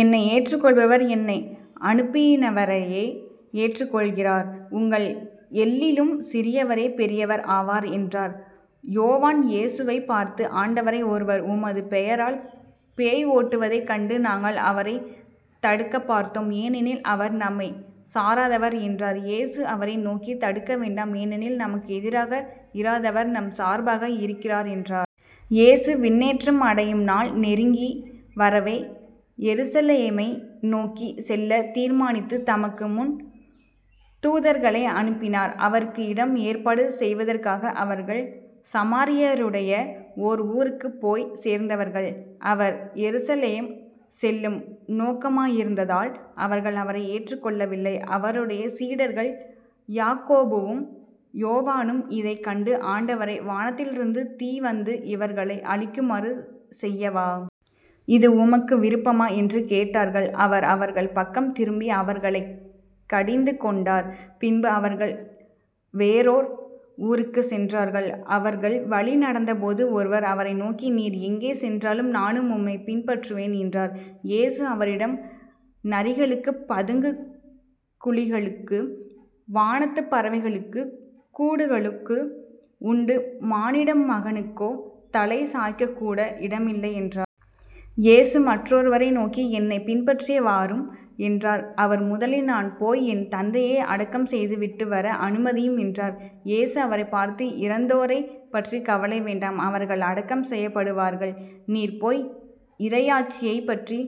என்னை ஏற்றுக்கொள்பவர் என்னை அனுப்பினவரையே ஏற்றுக் கொள்கிறார். உங்கள் எல்லிலும் சிறியவரே பெரியவர் ஆவார் என்றார். யோவான் இயேசுவைப் பார்த்து ஆண்டவரே ஒருவர் உமது பெயரால் பேய் ஓட்டுவதைக் கண்டு நாங்கள் அவரைத் தடுக்கப்பார்த்தோம் ஏனெனில் அவர் நம்மைச் சாராதவர் என்றார். இயேசு அவரை நோக்கி தடுக்க வேண்டாம் ஏனெனில் நமக்கு எதிராக இராதவர் நம் சார்பாக இருக்கிறார் என்றார். இயேசு விண்ணேற்றம் அடையும் நாள் நெருங்கி வரவே எருசலேமை நோக்கிச் செல்லத் தீர்மானித்து, தமக்கு முன் தூதர்களை அனுப்பினார். அவருக்கு இடம் ஏற்பாடு செய்வதற்காக அவர்கள் சமாரியருடைய ஓர் ஊருக்குப் போய்ச் சேர்ந்தவர்கள். அவர் எருசலேம் செல்லும் நோக்கமாயிருந்ததால் அவர்கள் அவரை ஏற்றுக் கொள்ளவில்லை. அவருடைய சீடர்கள் யாக்கோபும் யோவானும் இதைக் கண்டு ஆண்டவரே வானத்திலிருந்து தீ வந்து இவர்களை அழிக்குமாறு செய்யவா? இது உமக்கு விருப்பமா? என்று கேட்டார்கள். அவர் அவர்கள் பக்கம் திரும்பி, அவர்களைக் கடிந்து கொண்டார். பின்பு அவர்கள் வேறோர் ஊருக்குச் சென்றார்கள். அவர்கள் வழி நடந்தபோது ஒருவர் அவரை நோக்கி நீர் எங்கே சென்றாலும் நானும் உம்மைப் பின்பற்றுவேன் என்றார். இயேசு அவரிடம் நரிகளுக்குப் பதுங்குக் குழிகளுக்கு வானத்துப் பறவைகளுக்குக் கூடுகளுக்கு உண்டு மானிடமகனுக்கோ தலை சாய்க்கக்கூட இடமில்லை என்றார். இயேசு மற்றொருவரை நோக்கி என்னைப் பின்பற்றிவாரும் என்றார். அவர் முதலில் நான் போய் என் தந்தையை அடக்கம் செய்துவிட்டுவர அனுமதியும் என்றார். இயேசு அவரைப் பார்த்து இறந்தோரைப் பற்றிக் கவலை வேண்டாம். அவர்கள் அடக்கம் செய்யப்படுவார்கள். நீர் போய் இறையாட்சியைப் பற்றி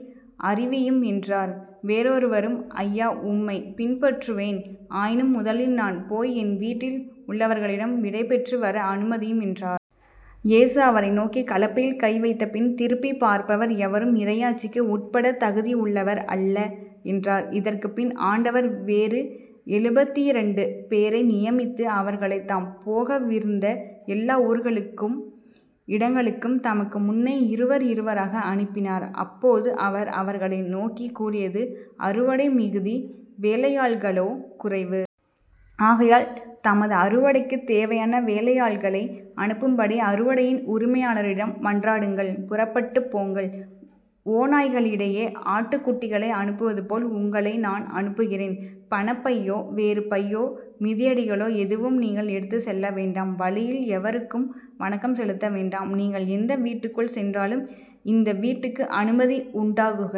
அறிவியும் என்றார். வேறொருவரும் ஐயா உம்மைப் பின்பற்றுவேன் ஆயினும் முதலில் நான் போய் என் வீட்டில் உள்ளவர்களிடம் விடைபெற்று வர அனுமதியும் என்றார். இயேசு அவரை நோக்கி கலப்பையில் கை வைத்தபின் திருப்பிப் பார்ப்பவர் எவரும் இறையாட்சிக்கு உட்படத் தகுதியுள்ளவர் அல்ல என்றார். இதற்குப்பின் ஆண்டவர் வேறு எழுபத்திரண்டு பேரை நியமித்து அவர்களைத் தாம் போகவிருந்த எல்லா ஊர்களுக்கும் இடங்களுக்கும் தமக்கு முன்னே இருவர் இருவராக அனுப்பினார். அப்போது அவர் அவர்களை நோக்கிக் கூறியது அறுவடை மிகுதி வேலையாள்களோ குறைவு. ஆகையால் தமது அறுவடைக்குத் தேவையான வேலையாள்களை அனுப்பும்படி அறுவடையின் உரிமையாளரிடம் மன்றாடுங்கள். புறப்பட்டுப் போங்கள் ஓநாய்களிடையே ஆட்டுக் குட்டிகளை அனுப்புவதுபோல் உங்களை நான் அனுப்புகிறேன். பணப்பையோ வேறு பையோ மிதியடிகளோ எதுவும் நீங்கள் எடுத்துச் செல்ல வேண்டாம் வழியில் எவருக்கும் வணக்கம் செலுத்த வேண்டாம். நீங்கள் எந்த வீட்டுக்குள் சென்றாலும் இந்த வீட்டுக்கு அமைதி உண்டாகுக.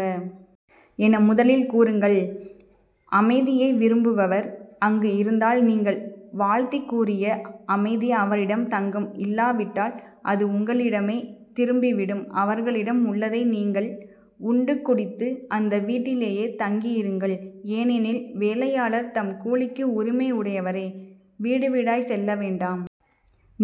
என முதலில் கூறுங்கள். அமைதியை விரும்புபவர் அங்கு இருந்தால், நீங்கள் வாழ்த்திக் கூறிய அமைதி அவரிடம் தங்கும் இல்லாவிட்டால் அது உங்களிடமே திரும்பிவிடும். அவர்களிடம் உள்ளதை நீங்கள் உண்டு குடித்து அந்த வீட்டிலேயே தங்கியிருங்கள். ஏனெனில் வேலையாளர் தம் கூலிக்கு உரிமை உடையவரே. வீடுவீடாய்ச் செல்ல வேண்டாம்.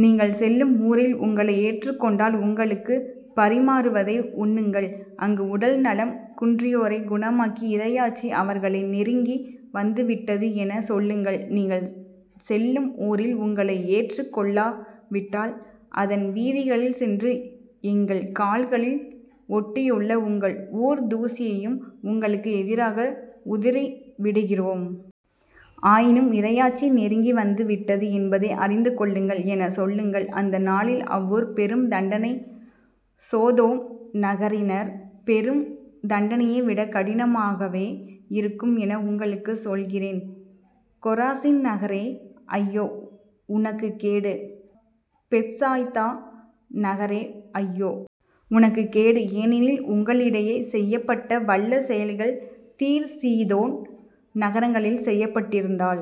நீங்கள் செல்லும் ஊரில் உங்களை ஏற்றுக்கொண்டால் உங்களுக்குப் பரிமாறுவதை உண்ணுங்கள். அங்கு உடல் நலம் குன்றியோரைக் குணமாக்கி இறையாட்சி அவர்களை நெருங்கி வந்துவிட்டது எனச் சொல்லுங்கள். நீங்கள் செல்லும் ஊரில் உங்களை ஏற்றுக் கொள்ளாவிட்டால் அதன் வீதிகளில் சென்று எங்கள் கால்களில் ஒட்டியுள்ள உங்கள் ஊர்த் தூசியையும் உங்களுக்கு எதிராக உதறிவிடுகிறோம். ஆயினும் இறையாட்சி நெருங்கி வந்து விட்டது என்பதை அறிந்து கொள்ளுங்கள் எனச் சொல்லுங்கள். அந்த நாளில் அவ்வூர் பெறும் தண்டனை சோதோம் நகரினர் பெறும் தண்டனையை விட கடினமாகவே இருக்கும் என உங்களுக்குச் சொல்கிறேன். கொராசின் நகரே ஐயோ. உனக்குக் கேடு. பெத்சாய்தா நகரே ஐயோ. உனக்குக் கேடு. ஏனெனில் உங்களிடையே செய்யப்பட்ட வல்ல செயல்கள் தீர் சீதோன் நகரங்களில் செய்யப்பட்டிருந்தால்